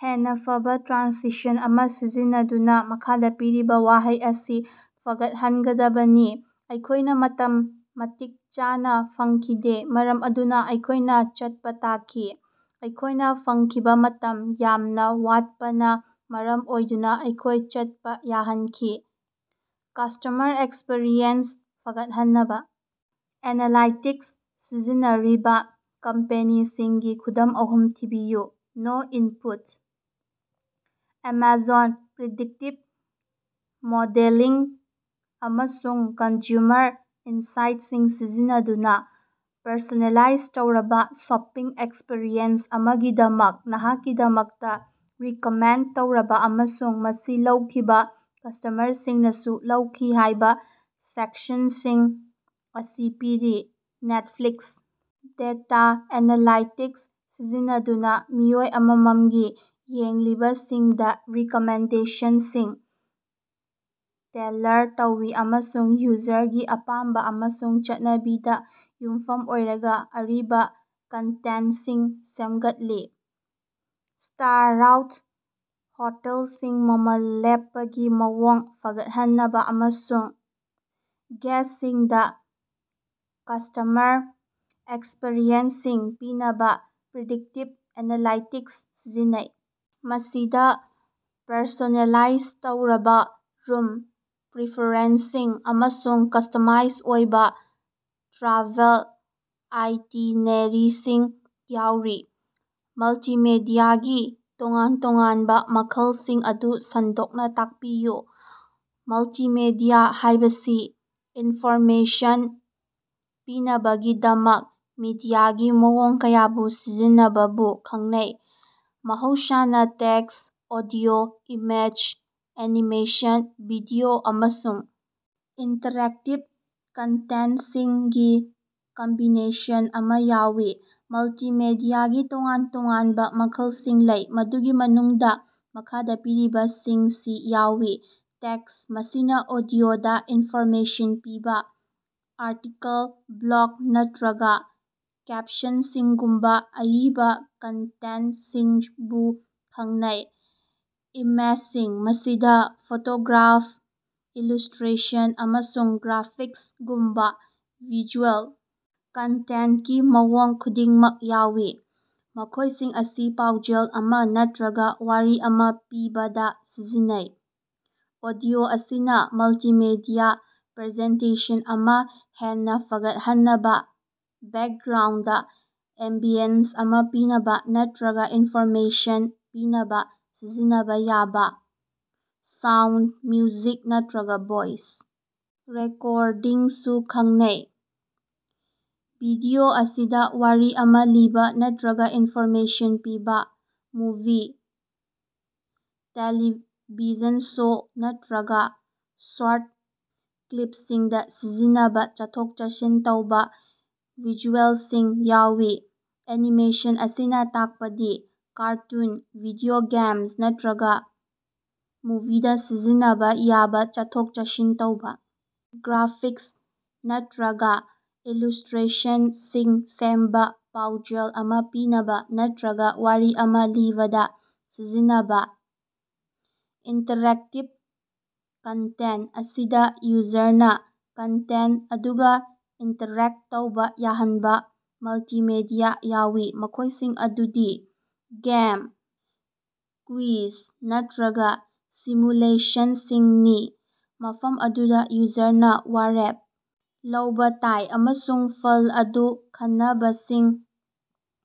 ꯍꯦꯟꯅꯥ ꯐꯕꯥ ꯇ꯭ꯔꯥꯟꯁꯤꯁꯟ ꯑꯃ ꯁꯤꯖꯤꯟꯅꯗꯨꯅ ꯃꯈꯥꯗ ꯄꯤꯔꯤꯕ ꯋꯥꯍꯩ ꯑꯁꯤ ꯐꯒꯠꯍꯟꯒꯗꯕꯅꯤ꯫ ꯑꯩꯈꯣꯏꯅ ꯃꯇꯝ ꯃꯇꯤꯛ ꯆꯥꯅ ꯐꯪꯈꯤꯗꯦ ꯃꯔꯝ ꯑꯗꯨꯅ ꯑꯩꯈꯣꯏꯅ ꯆꯠꯄ ꯇꯥꯈꯤ꯫ ꯑꯩꯈꯣꯏꯅ ꯐꯪꯈꯤꯕ ꯃꯇꯝ ꯌꯥꯝꯅ ꯋꯥꯠꯄꯅ ꯃꯔꯝ ꯑꯣꯏꯗꯨꯅ ꯑꯩꯈꯣꯏ ꯆꯠꯄ ꯌꯥꯍꯟꯈꯤ꯫ ꯀ꯭ꯁꯇꯃꯔ ꯑꯦꯛꯁꯄꯤꯔꯤꯑꯦꯟꯁ ꯐꯒꯠꯍꯟꯅꯕ ꯑꯦꯅꯥꯂꯥꯏꯇꯤꯛꯁ ꯁꯤꯖꯤꯟꯅꯔꯤꯕ ꯀꯝꯄꯦꯅꯤꯁꯤꯡꯒꯤ ꯈꯨꯗꯝ ꯑꯍꯨꯝ ꯊꯤꯕꯤꯌꯨ꯫ No input. Amazon predictive modelling ꯑꯃꯁꯨꯡ ꯀꯟꯖꯨꯃꯔ ꯏꯟꯁꯥꯏꯠꯁꯤꯡ ꯁꯤꯖꯤꯟꯅꯗꯨꯅ ꯄꯔꯁꯣꯅꯦꯂꯥꯏꯖ ꯇꯧꯔꯕ ꯁꯣꯄꯤꯡ ꯑꯦꯛꯁꯄꯤꯔꯤꯑꯦꯟꯁ ꯑꯃꯒꯤꯗꯃꯛ "ꯅꯍꯥꯛꯀꯤꯗꯃꯛꯇ ꯔꯤꯀꯃꯦꯟꯗ ꯇꯧꯔꯕꯥ" ꯑꯃꯁꯨꯡ "ꯃꯁꯤ ꯂꯧꯈꯤꯕ ꯀ꯭ꯁꯇꯃꯔꯁꯤꯡꯅꯁꯨ ꯂꯧꯈꯤ" ꯍꯥꯏꯕ ꯁꯦꯛꯁꯟꯁꯤꯡ ꯑꯁꯤ ꯄꯤꯔꯤ꯫ ꯅꯦꯠꯐ꯭ꯂꯤꯛꯁ ꯗꯦꯇ ꯑꯦꯅꯥꯂꯥꯏꯇꯤꯛꯁ ꯁꯤꯖꯤꯟꯅꯗꯨꯅ ꯃꯤꯑꯣꯏ ꯑꯃꯃꯝꯒꯤ ꯌꯦꯡꯂꯤꯕꯁꯤꯡꯗ ꯔꯤꯀꯃꯦꯟꯗꯦꯁꯟꯁꯤꯡ ꯇꯦꯜꯂꯔ ꯇꯧꯏ ꯑꯃꯁꯨꯡ ꯌꯨꯖꯔꯒꯤ ꯑꯄꯥꯥꯝꯕ ꯑꯃꯁꯨꯡ ꯆꯠꯅꯕꯤꯗ ꯌꯨꯝꯐꯝ ꯑꯣꯏꯔꯒ ꯑꯔꯤꯕ ꯀꯟꯇꯦꯟꯠꯁꯤꯡ ꯁꯦꯝꯒꯠꯂꯤ꯫ ꯁ꯭ꯇꯥꯔꯎꯗ ꯍꯣꯇꯦꯜꯁꯤꯡ ꯃꯃꯜ ꯂꯦꯞꯄꯒꯤ ꯃꯑꯣꯡ ꯐꯒꯠꯍꯟꯅꯕ ꯑꯃꯁꯨꯡ ꯒꯦꯁꯁꯤꯡꯗ ꯀ꯭ꯁꯇꯃꯔ ꯑꯦꯛꯁꯄꯔꯤꯌꯦꯟꯁꯁꯤꯡ ꯄꯤꯅꯕ ꯄ꯭ꯔꯤꯗꯤꯛꯇꯤꯚ ꯑꯦꯅꯥꯂꯥꯏꯇꯤꯛꯁ ꯁꯤꯖꯤꯟꯅꯩ, ꯃꯁꯤꯗ ꯄꯔꯁꯣꯅꯦꯂꯥꯏꯖ ꯇꯧꯔꯕ ꯔꯨꯝ ꯄ꯭ꯔꯤꯐꯦꯔꯦꯟꯁꯁꯤꯡ ꯑꯃꯁꯨꯡ ꯀ꯭ꯁꯇꯃꯥꯏꯁ ꯑꯣꯏꯕ ꯇ꯭ꯔꯥꯚꯦꯜ ꯑꯥꯏꯇꯤꯅꯦꯔꯤꯁꯤꯡ ꯌꯥꯎꯔꯤ꯫ ꯃꯜꯇꯤꯃꯦꯗꯤꯌꯥꯒꯤ ꯇꯣꯉꯥꯟ-ꯇꯣꯉꯥꯟꯕ ꯃꯈꯜꯁꯤꯡ ꯑꯗꯨ ꯁꯟꯗꯣꯛꯅ ꯇꯥꯛꯄꯤꯌꯨ꯫ ꯃꯜꯇꯤꯃꯤꯗꯤꯌꯥ ꯍꯥꯏꯕꯁꯤ ꯏꯟꯐꯣꯔꯃꯦꯁꯟ ꯄꯤꯅꯕꯒꯤꯗꯃꯛ ꯃꯤꯗꯤꯌꯥꯒꯤ ꯃꯑꯣꯡ ꯀꯌꯥꯕꯨ ꯁꯤꯖꯤꯟꯅꯕꯕꯨ ꯈꯪꯅꯩ, ꯃꯍꯧꯁꯥꯅ text, audio, image, animation, video, ꯑꯃꯁꯨꯡ ꯏꯟꯇꯔꯦꯛꯇꯤꯚ ꯀꯟꯇꯦꯟꯇꯁꯤꯡꯒꯤ ꯀꯝꯕꯤꯅꯦꯁꯟ ꯑꯃ ꯌꯥꯎꯏ꯫ ꯃꯜꯇꯤꯃꯦꯗꯤꯌꯥꯒꯤ ꯇꯣꯉꯥꯟ-ꯇꯣꯉꯥꯟꯕ ꯃꯈꯜꯁꯤꯡ ꯂꯩ, ꯃꯗꯨꯒꯤ ꯃꯅꯨꯡꯗ ꯃꯈꯥꯗ ꯄꯤꯔꯤꯕꯁꯤꯡꯁꯤ ꯌꯥꯎꯏ: ꯇꯦꯛꯁ ꯃꯁꯤꯅ ꯑꯣꯗꯤꯑꯣꯗꯥ ꯏꯟꯐꯣꯔꯃꯦꯁꯟ ꯄꯤꯕ ꯑꯥꯔꯇꯤꯀꯜ, ꯕ꯭ꯂꯣꯒ ꯅꯠꯇꯔꯒ ꯀꯦꯞꯁꯟꯁꯤꯡꯒꯨꯝꯕ ꯑꯏꯕ ꯀꯟꯇꯦꯟꯠꯁꯤꯡꯕꯨ ꯈꯪꯅꯩ꯫ ꯏꯃꯦꯖꯁꯤꯡ ꯃꯁꯤꯗ ꯐꯣꯇꯣꯒ꯭ꯔꯥꯐ, ꯏꯂꯨꯁꯇ꯭ꯔꯦꯁꯟ, ꯑꯃꯁꯨꯡ ꯒ꯭ꯔꯥꯐꯤꯛꯁꯒꯨꯝꯕ ꯚꯤꯖꯨꯑꯦꯜ ꯀꯟꯇꯦꯟꯠꯀꯤ ꯃꯑꯣꯡ ꯈꯨꯗꯤꯡꯃꯛ ꯌꯥꯎꯏ, ꯃꯈꯣꯏꯁꯤꯡ ꯑꯁꯤ ꯄꯥꯎꯖꯦꯜ ꯑꯃ ꯅꯠꯇꯔꯒ ꯋꯥꯔꯤ ꯑꯃ ꯄꯤꯕꯗ ꯁꯤꯖꯤꯟꯅꯩ꯫ ꯑꯣꯗꯤꯑꯣ ꯑꯁꯤꯅ ꯃꯜꯇꯤꯃꯤꯗꯤꯌ ꯄ꯭ꯔꯖꯦꯟꯇꯦꯁꯟ ꯑꯃ ꯍꯦꯟꯅ ꯐꯒꯠꯍꯟꯅꯕ, ꯕꯦꯛꯒ꯭ꯔꯥꯎꯟꯗ ꯑꯦꯝꯕꯤꯌꯟꯁ ꯑꯃꯥ ꯄꯤꯅꯕ ꯅꯠꯇꯔꯒ ꯏꯟꯐꯣꯔꯃꯦꯁꯟ ꯄꯤꯅꯕ ꯁꯤꯖꯤꯟꯅꯕ ꯌꯥꯕꯥ ꯁꯥꯎꯟꯗ, ꯃ꯭ꯌꯨꯖꯤꯛ ꯅꯠꯇꯔꯒ ꯚꯣꯏꯁ ꯔꯦꯀꯣꯔꯗꯤꯡꯁꯤꯡꯕꯨ ꯈꯪꯅꯩ꯫ ꯚꯤꯗꯤꯑꯣ ꯑꯁꯤꯗ ꯋꯥꯔꯤ ꯑꯃ ꯂꯤꯕ ꯅꯠꯇꯔꯒ ꯏꯟꯐꯣꯔꯃꯦꯁꯟ ꯄꯤꯕ, ꯃꯨꯚꯤ, ꯇꯦꯂꯤꯚꯤꯖꯟ ꯁꯣ ꯅꯠꯇꯔꯒꯥ ꯁ꯭ꯣꯔꯠ ꯀ꯭ꯂꯤꯄꯁꯤꯡꯗ ꯁꯤꯖꯤꯟꯅꯕ ꯆꯠꯊꯣꯛ-ꯆꯠꯁꯤꯟ ꯇꯧꯕ ꯚꯤꯖꯨꯑꯦꯜꯁꯤꯡ ꯌꯥꯎꯏ꯫ ꯑꯦꯅꯤꯃꯦꯁꯟ ꯑꯁꯤꯅ ꯇꯥꯛꯄꯗꯤ ꯀꯥꯔꯇꯨꯟ, ꯚꯤꯗꯤꯑꯣ ꯒꯦꯝ ꯅꯠꯇꯔꯒ ꯃꯨꯚꯤꯗ ꯁꯤꯖꯤꯟꯅꯕ ꯌꯥꯕꯥ ꯆꯠꯊꯣꯛ-ꯆꯠꯁꯤꯟ ꯇꯧꯕ ꯒ꯭ꯔꯥꯐꯤꯛꯁ ꯅꯠꯇꯔꯒ ꯏꯂꯨ꯭ꯁꯇꯔꯦꯁꯟꯁꯤꯡ ꯁꯦꯝꯕ, ꯄꯥꯎꯖꯦꯜ ꯑꯃ ꯄꯤꯅꯕ ꯅꯠꯇꯔꯒ ꯋꯥꯔꯤ ꯑꯃ ꯂꯤꯕꯗ ꯁꯤꯖꯤꯟꯅꯕ꯫ ꯏꯟꯇꯔꯦꯛꯇꯤꯕ ꯀꯟꯇꯦꯟꯠ ꯑꯁꯤꯗ ꯌꯨꯖꯔꯅ ꯀꯟꯇꯦꯟꯠ ꯑꯗꯨꯒ ꯏꯟꯇꯔꯦꯛ ꯇꯧꯕ ꯌꯥꯍꯟꯕ ꯃꯜꯇꯤꯃꯦꯗꯤꯌ ꯌꯥꯎꯏ, ꯃꯈꯣꯏꯁꯤꯡ ꯑꯗꯨꯗꯤ ꯒꯦꯝ, ꯀ꯭ꯋꯤꯖ, ꯅꯠꯇꯔꯒ ꯁꯤꯃꯨꯂꯦꯁꯟꯁꯤꯡꯅꯤ, ꯃꯐꯝ ꯑꯗꯨꯗ ꯌꯨꯖꯔꯅ ꯋꯥꯔꯦꯞ ꯂꯧꯕ ꯇꯥꯏ, ꯑꯃꯁꯨꯡ ꯐꯜ ꯑꯗꯨ ꯈꯟꯕꯁꯤꯡ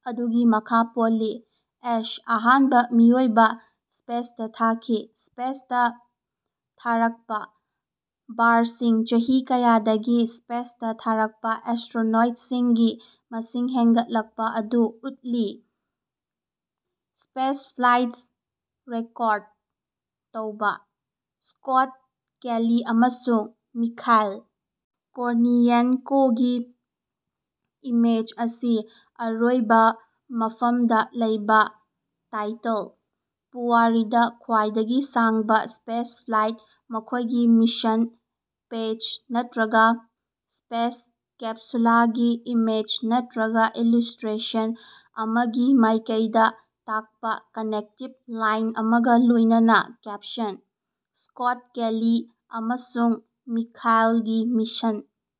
ꯑꯗꯨꯒꯤ ꯃꯈꯥ ꯄꯣꯜꯂꯤ꯫ ꯑꯦꯁ, ꯑꯍꯥꯟꯕ ꯃꯤꯑꯣꯏꯕ ꯁ꯭ꯄꯦꯁꯇꯥ ꯊꯥꯈꯤ꯫ ꯁ꯭ꯄꯦꯁꯇꯥ ꯊꯥꯔꯛꯄ꯫ ꯕꯥꯔꯁꯤꯡ: ꯆꯍꯤ ꯀꯌꯥꯗꯒꯤ ꯁ꯭ꯄꯦꯁꯇ ꯊꯥꯔꯛꯄ ꯑꯦꯁꯇ꯭ꯔꯣꯅꯣꯠꯁꯤꯡꯒꯤ ꯃꯁꯤꯡ ꯍꯦꯡꯒꯠꯂꯛꯄ ꯑꯗꯨ ꯎꯠꯂꯤ꯫ ꯁ꯭ꯄꯦꯁꯐ꯭ꯂꯥꯏꯠ ꯔꯦꯀ꯭ꯣꯔꯗ ꯇꯧꯕꯥ: ꯁ꯭ꯀꯣꯠ ꯀꯦꯂꯤ ꯑꯃꯁꯨꯡ ꯃꯤꯈꯥꯏꯜ ꯀꯣꯔꯅꯤꯌꯦꯟꯀꯣꯒꯤ ꯏꯃꯦꯖ ꯑꯁꯤ ꯑꯔꯣꯏꯕ ꯃꯐꯃꯗ ꯂꯩꯕ ꯇꯥꯏꯇꯜ: ꯄꯨꯋꯥꯔꯤꯗ ꯈ꯭ꯋꯥꯏꯗꯒꯤ ꯁꯥꯡꯕ ꯁ꯭ꯄꯦꯁꯐ꯭ꯂꯥꯏꯠ, ꯃꯈꯣꯏꯒꯤ ꯃꯤꯁꯟ ꯄꯦꯠꯆ ꯅꯠꯇꯔꯒ ꯁ꯭ꯄꯦꯁ ꯀꯦꯞꯁꯨꯂꯒꯤ ꯏꯃꯦꯖ ꯅꯠꯇꯔꯒ ꯏꯂꯨ꯭ꯁꯇ꯭ꯔꯦꯁꯟ ꯑꯃꯒꯤ ꯃꯥꯏꯀꯩꯗ ꯇꯥꯛꯄ ꯀꯅꯦꯛꯇꯤꯡ ꯂꯥꯏꯟ ꯑꯃꯒꯥ ꯂꯣꯏꯅꯅ ꯀꯦꯞꯁꯟ: ꯁ꯭ꯀꯣꯠ ꯀꯦꯂꯤ ꯑꯃꯁꯨꯡ ꯃꯤꯈꯥꯏꯂꯒꯤ ꯃꯤꯁꯟ꯫